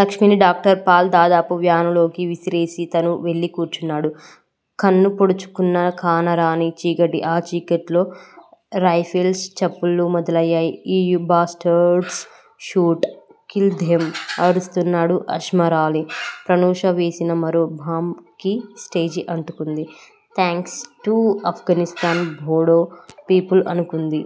లక్ష్మిని doctor Paul దాదాపు వ్యానులోకి విసిరేసి తనూ వెళ్ళి కూర్చున్నాడు. కన్ను పొడుచుకున్నా కానరాని చీకటి ఆ చీకట్లో రైఫిల్స్ చప్పుళ్ళు మొదలయ్యాయి. You bastards shoot! Kill them అరుస్తున్నాడు అజ్మరాలీ. ప్రనూష వేసిన మరో బాంబ్ కి స్టేజి అంటుకుంది. Thanks to Afghanistan border people అనుకుంది.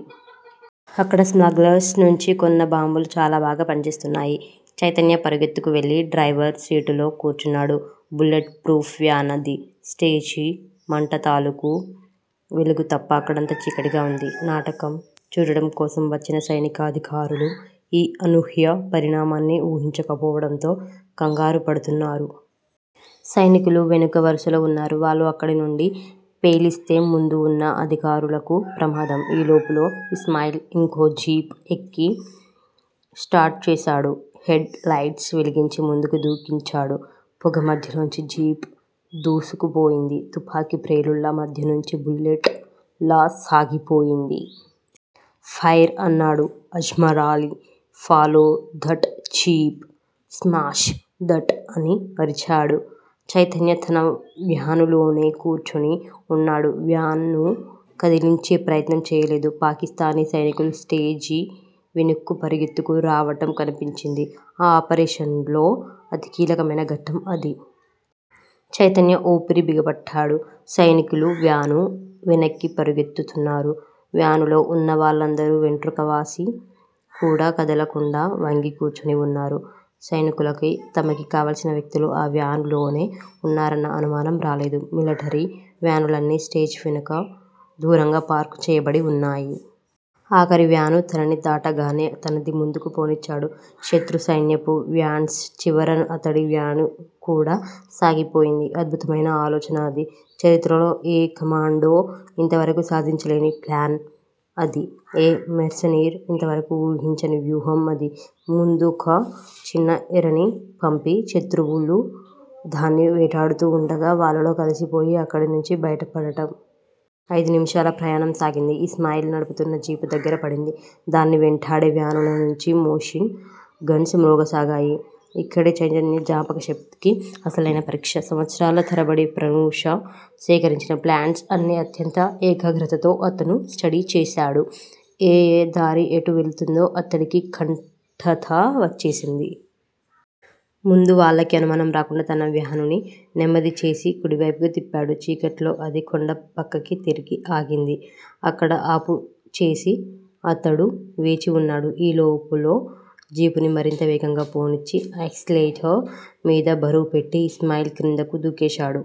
అక్కడ స్మగ్లర్స్ నుంచి కొన్న బాంబులు చాలా బాగా పనిచేస్తున్నాయి. చైతన్య పరుగెత్తుకువెళ్ళి డ్రైవర్ సీటులో కూర్చున్నాడు. బుల్లెట్ ప్రూఫ్ వ్యాన్ అది. స్టేజీ మంట తాలుకు వెలుగు తప్ప అక్కడంతా చీకటిగా వుంది. నాటకం చూడటం కోసం వచ్చిన సైనికాధికారులు ఈ అనూహ్య పరిణామాన్ని ఊహించకపోవడంతో కంగారుపడుతున్నారు. సైనికులు వెనుక వరుసలో వున్నారు. వాళ్ళు అక్కడినుండి పేలిస్తే ముందువున్న అధికారులకు ప్రమాదం. ఈ లోపులో ఇస్మాయిల్ ఇంకో జీప్ ఎక్కి స్టార్ట్ చేశాడు. హెడ్ లైట్స్ వెలిగించి ముందుకి దూకించాడు. పొగ మధ్యలోంచి జీప్ దూసుకుపోయింది. తుపాకి ప్రేలుళ్ళ మధ్యనుంచి బుల్లెట్ లా సాగిపోయింది. ఫైర్ అన్నాడు Ajmarali follow that jeep smash that అని అరిచాడు. చైతన్య తన వ్యానులోనే కూర్చుని వున్నాడు. వ్యాను కదిలించే ప్రయత్నం చేయలేదు. పాకిస్తానీ సైనికులు స్టేజి వెనక్కు పరుగెత్తుకు రావటం కనిపించింది. ఆ ఆపరేషన్ లో అతి కీలకమైన ఘట్టం అది! చైతన్య ఊపిరి బిగపట్టాడు. సైనికులు వ్యాను వెనక్కి పరుగెత్తుతున్నారు. వ్యానులో వున్న వాళ్ళందరూ వెంట్రుకవాసి కూడా కదలకుండా వంగి కూర్చుని వున్నారు. సైనికులకి తమకి కావల్సిన వ్యక్తులు ఆ వ్యాను లోనే వున్నారన్న అనుమానం రాలేదు. మిలటరీ వ్యానులన్నీ స్టేజి వెనుక దూరంగా పార్క్ చేయబడి వున్నాయి. ఆఖరి వ్యాను తనని దాటగానే, తనదీ ముందుకు పోనిచ్చాడు. శత్రు సైన్యపు వ్యాన్స్ చివర అతడి వ్యానుకూడా సాగిపోయింది. అద్భుతమైన ఆలోచన అది. చరిత్రలో ఏ కమాండో ఇంతవరకూ సాధించలేని 'ప్లాన్' అది. ఏ మెర్సనీర్ ఇంతవరకూ వూహించని వ్యూహం అది. ముందొక చిన్న ఎరని పంపి, శత్రువులు దాన్ని వేటాడుతూ వుండగా వాళ్ళలో కలిసిపోయి అక్కడనుంచి బయటపడటం! అయిదు నిమిషాల ప్రయాణం సాగింది. ఇస్మాయిల్ నడుపుతున్న జీపు దగ్గర పడింది. దాన్ని వెంటాడే వ్యానులనుంచి మెషిన్ గన్స్ మ్రోగసాగాయి. ఇక్కడే చైతన్య జ్ఞాపకశక్తికి అసలైన పరీక్ష! సంవత్సరాల తరబడి ప్రనూష సేకరించిన ప్లాన్స్ అన్నీ అత్యంత ఏకాగ్రతతో అతను స్టడీ చేశాడు. ఏయే దారి ఎటు వెళుతుందో అతడికి కంఠతా వచ్చేసింది. ముందు వాళ్ళకి అనుమానం రాకుండా తన వ్యానుని నెమ్మది చేసి, కుడివైపుకి తిప్పాడు. చీకట్లో అది కొండ పక్కకి తిరిగి ఆగింది. అక్కడ ఆపుచేసి అతడు వేచి వున్నాడు. ఈ లోపులో జీపుని మరింత వేగంగా పోనిచ్చి, ఆక్సిలేటర్ మీద బరువుపెట్టి ఇస్మాయిల్ క్రిందకు దూకేశాడు.